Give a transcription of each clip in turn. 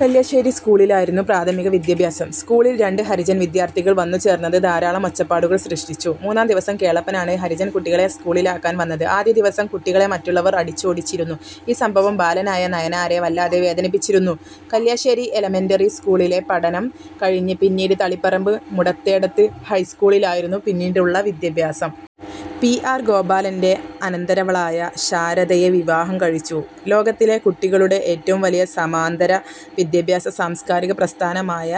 കല്യശ്ശേരി സ്കൂളിലായിരുന്നു പ്രാഥമിക വിദ്യാഭ്യാസം, സ്കൂളിൽ രണ്ട് ഹരിജൻ വിദ്യാർത്ഥികൾ വന്നു ചേർന്നത് ധാരാളം ഒച്ചപ്പാടുകൾ സൃഷ്ടിച്ചു. മൂന്നാം ദിവസം കേളപ്പനാണ് ഹരിജൻ കുട്ടികളെ സ്കൂളിലാക്കാൻ വന്നത്. ആദ്യ ദിവസം കുട്ടികളെ മറ്റുള്ളവർ അടിച്ചോടിച്ചിരുന്നു. ഈ സംഭവം ബാലനായ നയനാരെ വല്ലാതെ വേദനിപ്പിച്ചിരുന്നു. കല്യാശ്ശേരി എലമെൻ്ററി സ്കൂളിലെ പഠനം കഴിഞ്ഞ് പിന്നീട് തളിപ്പറമ്പ് മുടത്തേടത്ത് ഹൈസ്കൂളിലായിരുന്നു പിന്നീടുള്ള വിദ്യാഭ്യാസം. പി. ആർ. ഗോപാലൻ്റെ അനന്തരവളായ ശാരദയെ വിവാഹം കഴിച്ചു. ലോകത്തിലെ കുട്ടികളുടെ ഏറ്റവും വലിയ സമാന്തര വിദ്യാഭ്യാസ സാംസ്കാരിക പ്രസ്ഥാനമായ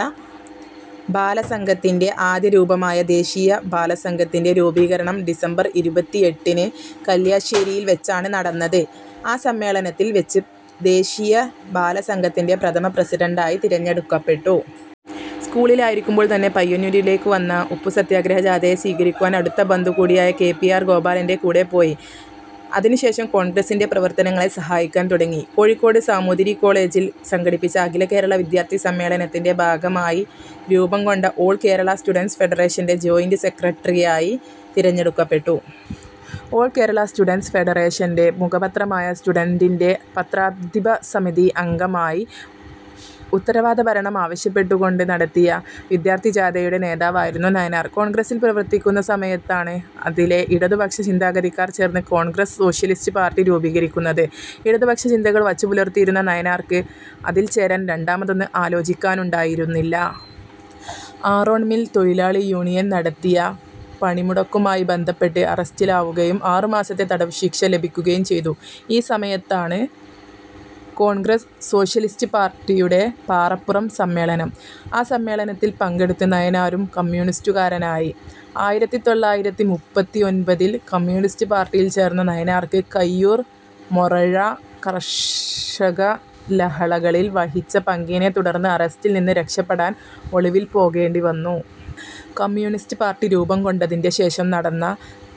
ബാലസംഘത്തിൻ്റെ ആദ്യ രൂപമായ ദേശീയ ബാലസംഘത്തിൻ്റെ രൂപീകരണം ഡിസംബർ ഇരുപത്തിഎട്ടിന് കല്ല്യാശ്ശേരിയിൽ വെച്ചാണ് നടന്നത്. ആ സമ്മേളനത്തിൽ വെച്ച് ദേശീയ ബാലസംഘത്തിൻ്റെ പ്രഥമ പ്രസിഡണ്ടായി തിരഞ്ഞെടുക്കപ്പെട്ടു. സ്കൂളിലായിരിക്കുമ്പോൾ തന്നെ പയ്യന്നൂരിലേക്കു വന്ന ഉപ്പുസത്യാഗ്രഹ ജാഥയെ സ്വീകരിക്കുവാൻ അടുത്ത ബന്ധു കൂടിയായ കെ. പി. ആർ. ഗോപാലൻ്റെ കൂടെ പോയി. അതിനുശേഷം കോൺഗ്രസിൻ്റെ പ്രവർത്തനങ്ങളെ സഹായിക്കാൻ തുടങ്ങി. കോഴിക്കോട് സാമൂതിരികോളേജിൽ സംഘടിപ്പിച്ച അഖിലകേരള വിദ്യാർത്ഥി സമ്മേളനത്തിൻ്റെ ഭാഗമായി രൂപംകൊണ്ട ഓൾ കേരള സ്റ്റുഡൻ്റ്സ് ഫെഡറേഷൻ്റെ ജോയിൻ്റ് സെക്രട്ടറിയായി തിരഞ്ഞെടുക്കപ്പെട്ടു. ഓൾ കേരള സ്റ്റുഡൻ്റ്സ് ഫെഡറേഷൻ്റെ മുഖപത്രമായ സ്റ്റുഡൻ്റിൻ്റെ പത്രാധിപസമിതി അംഗമായി. ഉത്തരവാദ ഭരണം ആവശ്യപ്പെട്ടുകൊണ്ട് നടത്തിയ വിദ്യാർത്ഥി ജാഥയുടെ നേതാവായിരുന്നു നയനാർ. കോൺഗ്രസിൽ പ്രവർത്തിക്കുന്ന സമയത്താണ് അതിലെ ഇടതു പക്ഷ ചിന്താഗതിക്കാർ ചേർന്ന് കോൺഗ്രസ് സോഷ്യലിസ്റ്റ് പാർട്ടി രൂപീകരിക്കുന്നത്. ഇടതുപക്ഷ ചിന്തകൾ വച്ചു പുലർത്തിയിരുന്ന നയനാർക്ക് അതിൽ ചേരാൻ രണ്ടാമതൊന്ന് ആലോചിക്കാനുണ്ടായിരുന്നില്ല. ആറോൺ മിൽ തൊഴിലാളിയൂണിയൻ നടത്തിയ പണിമുടക്കുമായി ബന്ധപ്പെട്ട് അറസ്റ്റിലാവുകയും ആറുമാസത്തെ തടവുശിക്ഷ ലഭിക്കുകയും ചെയ്തു. ഈ സമയത്താണ് കോൺഗ്രസ് സോഷ്യലിസ്റ്റ് പാർട്ടിയുടെ പാറപ്പുറം സമ്മേളനം, ആ സമ്മേളനത്തിൽ പങ്കെടുത്ത് നയനാരും കമ്മ്യൂണിസ്റ്റുകാരനായി. ആയിരത്തിതൊള്ളായിരത്തിമുപ്പത്തിഒൻപതിൽ കമ്യൂണിസ്റ്റ് പാർട്ടിയിൽ ചേർന്ന നയനാർക്ക് കയ്യൂർ-മൊറഴ കർഷകലഹളകളിൽ വഹിച്ച പങ്കിനെ തുടർന്ന് അറസ്റ്റിൽ നിന്ന് രക്ഷപെടാൻ ഒളിവിൽ പോകേണ്ടിവന്നു. കമ്മ്യൂണിസ്റ്റ് പാർട്ടി രൂപംകൊണ്ടതിൻ്റെ ശേഷം നടന്ന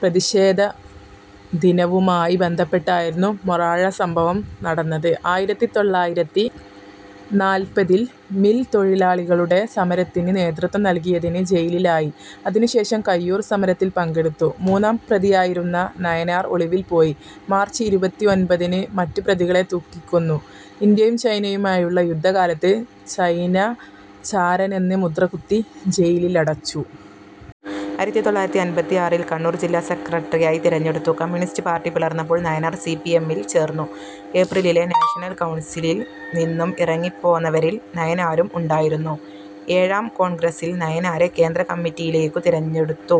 പ്രതിഷേധദിനവുമായി ബന്ധപ്പെട്ടായിരുന്നു മൊറാഴ സംഭവം നടന്നത്. ആയിരത്തിതൊള്ളായിരത്തിനാല്പതിൽ മിൽ തൊഴിലാളികളുടെ സമരത്തിന് നേതൃത്വം നൽകിയതിന് ജയിലിലായി. അതിനുശേഷം കയ്യൂർ സമരത്തിൽ പങ്കെടുത്തു. മൂന്നാം പ്രതിയായിരുന്ന നയനാർ ഒളിവിൽ പോയി. മാർച്ച് ഇരുപത്തിഒൻപതിന് മറ്റു പ്രതികളെ തൂക്കിക്കൊന്നു. ഇന്ത്യയും ചൈനയുമായുള്ള യുദ്ധകാലത്ത് ചൈനാചാരനെന്ന് മുദ്രകുത്തി ജയിലിലടച്ചു. ആയിരത്തിതൊള്ളായിരത്തിഅൻപത്തിആറിൽ കണ്ണൂർ ജില്ലാ സെക്രട്ടറിയായി തിരഞ്ഞെടുത്തു. കമ്യൂണിസ്റ്റ് പാർട്ടി പിളർന്നപ്പോൾ നയനാർ സി. പി. എം ൽ ചേർന്നു. ഏപ്രിലിലെ നാഷണൽ കൗൺസിലിൽ നിന്നും ഇറങ്ങിപ്പോന്നവരിൽ നയനാരും ഉണ്ടായിരുന്നു. ഏഴാം കോൺഗ്രസിൽ നയനാരെ കേന്ദ്ര കമ്മിറ്റിയിലേക്കു തിരഞ്ഞെടുത്തു.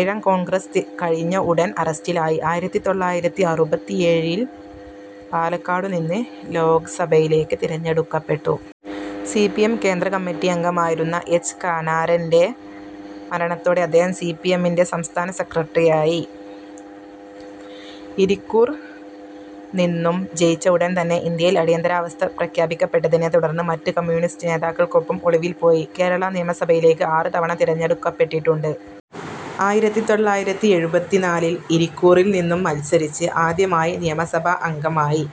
ഏഴാം കോൺഗ്രസ് കഴിഞ്ഞ ഉടൻ അറസ്റ്റിലായി. ആയിരത്തിതൊള്ളായിരത്തിഅറുപത്തിഏഴിൽ പാലക്കാടുനിന്ന് ലോക്സഭയിലേക്ക് തിരഞ്ഞെടുക്കപ്പെട്ടു. സി. പി. എം. കേന്ദ്ര കമ്മറ്റി അംഗമായിരുന്ന. എച്ച്. കണാരൻ്റെ മരണത്തോടെ അദ്ദേഹം സി. പി. എം. ൻ്റെ സംസ്ഥാന സെക്രട്ടറിയായി. ഇരിക്കൂർ നിന്നും ജയിച്ച ഉടൻ തന്നെ ഇന്ത്യയിൽ അടിയന്തരാവസ്ഥ പ്രഖ്യാപിക്കപ്പെട്ടതിനെ തുടർന്ന് മറ്റു കമ്മ്യൂണിസ്റ്റ് നേതാക്കൾക്കൊപ്പം ഒളിവിൽ പോയി. കേരള നിയമസഭയിലേക്ക് ആറ് തവണ തിരഞ്ഞെടുക്കപ്പെട്ടിട്ടുണ്ട്. ആയിരത്തിതൊള്ളായിരത്തിഎഴുപത്തിനാലിൽ ഇരിക്കൂറിൽ നിന്നും മൽസരിച്ച് ആദ്യമായി നിയമസഭാ അംഗമായി.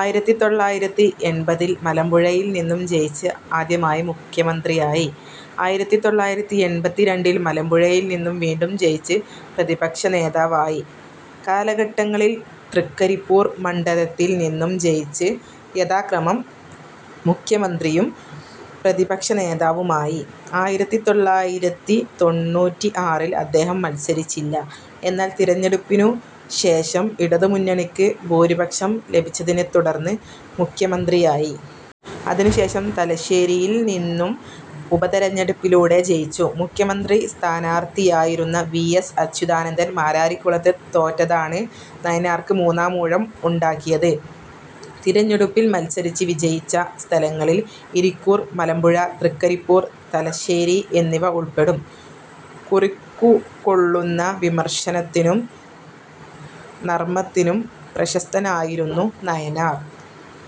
ആയിരത്തിതൊള്ളായിരത്തിഎൺപതിൽ മലമ്പുഴയിൽ നിന്നും ജയിച്ച് ആദ്യമായി മുഖ്യമന്ത്രിയായി. ആയിരത്തിതൊള്ളായിരത്തിഎൺപത്തിരണ്ടിൽ മലമ്പുഴയിൽ നിന്നും വീണ്ടും ജയിച്ച് പ്രതിപക്ഷനേതാവായി., കാലഘട്ടങ്ങളിൽ തൃക്കരിപ്പൂർ മണ്ഡലത്തിൽ നിന്നും ജയിച്ച് യഥാക്രമം മുഖ്യമന്ത്രിയും പ്രതിപക്ഷനേതാവുമായി. ആയിരത്തിതൊള്ളായിരത്തിതൊണ്ണൂറ്റിആറിൽ അദ്ദേഹം മത്സരിച്ചില്ല. എന്നാൽ തിരഞ്ഞെടുപ്പിനുശേഷം ഇടതുമുന്നണിക്ക് ഭൂരിപക്ഷം ലഭിച്ചതിനെത്തുടർന്ന് മുഖ്യമന്ത്രിയായി. അതിനു ശേഷം തലശ്ശേരിയിൽ നിന്നും ഉപതെരഞ്ഞെടുപ്പിലൂടേ ജയിച്ചു. മുഖ്യമന്ത്രി സ്ഥാനാർത്ഥിയായിരുന്ന വി. എസ്. അച്യുതാനന്ദൻ മാരാരിക്കുളത്ത് തോറ്റതാണ് നയനാർക്ക് മൂന്നാമൂഴം ഉണ്ടാക്കിയത്. തിരഞ്ഞെടുപ്പിൽ മത്സരിച്ച് വിജയിച്ച സ്ഥലങ്ങളിൽ ഇരിക്കൂർ, മലമ്പുഴ, തൃക്കരിപ്പൂർ, തലശ്ശേരി എന്നിവ ഉൾപ്പെടും. കുറിക്കുകൊള്ളുന്ന വിമർശനത്തിനും നർമ്മത്തിനും പ്രശസ്തനായിരുന്നു നയനാർ.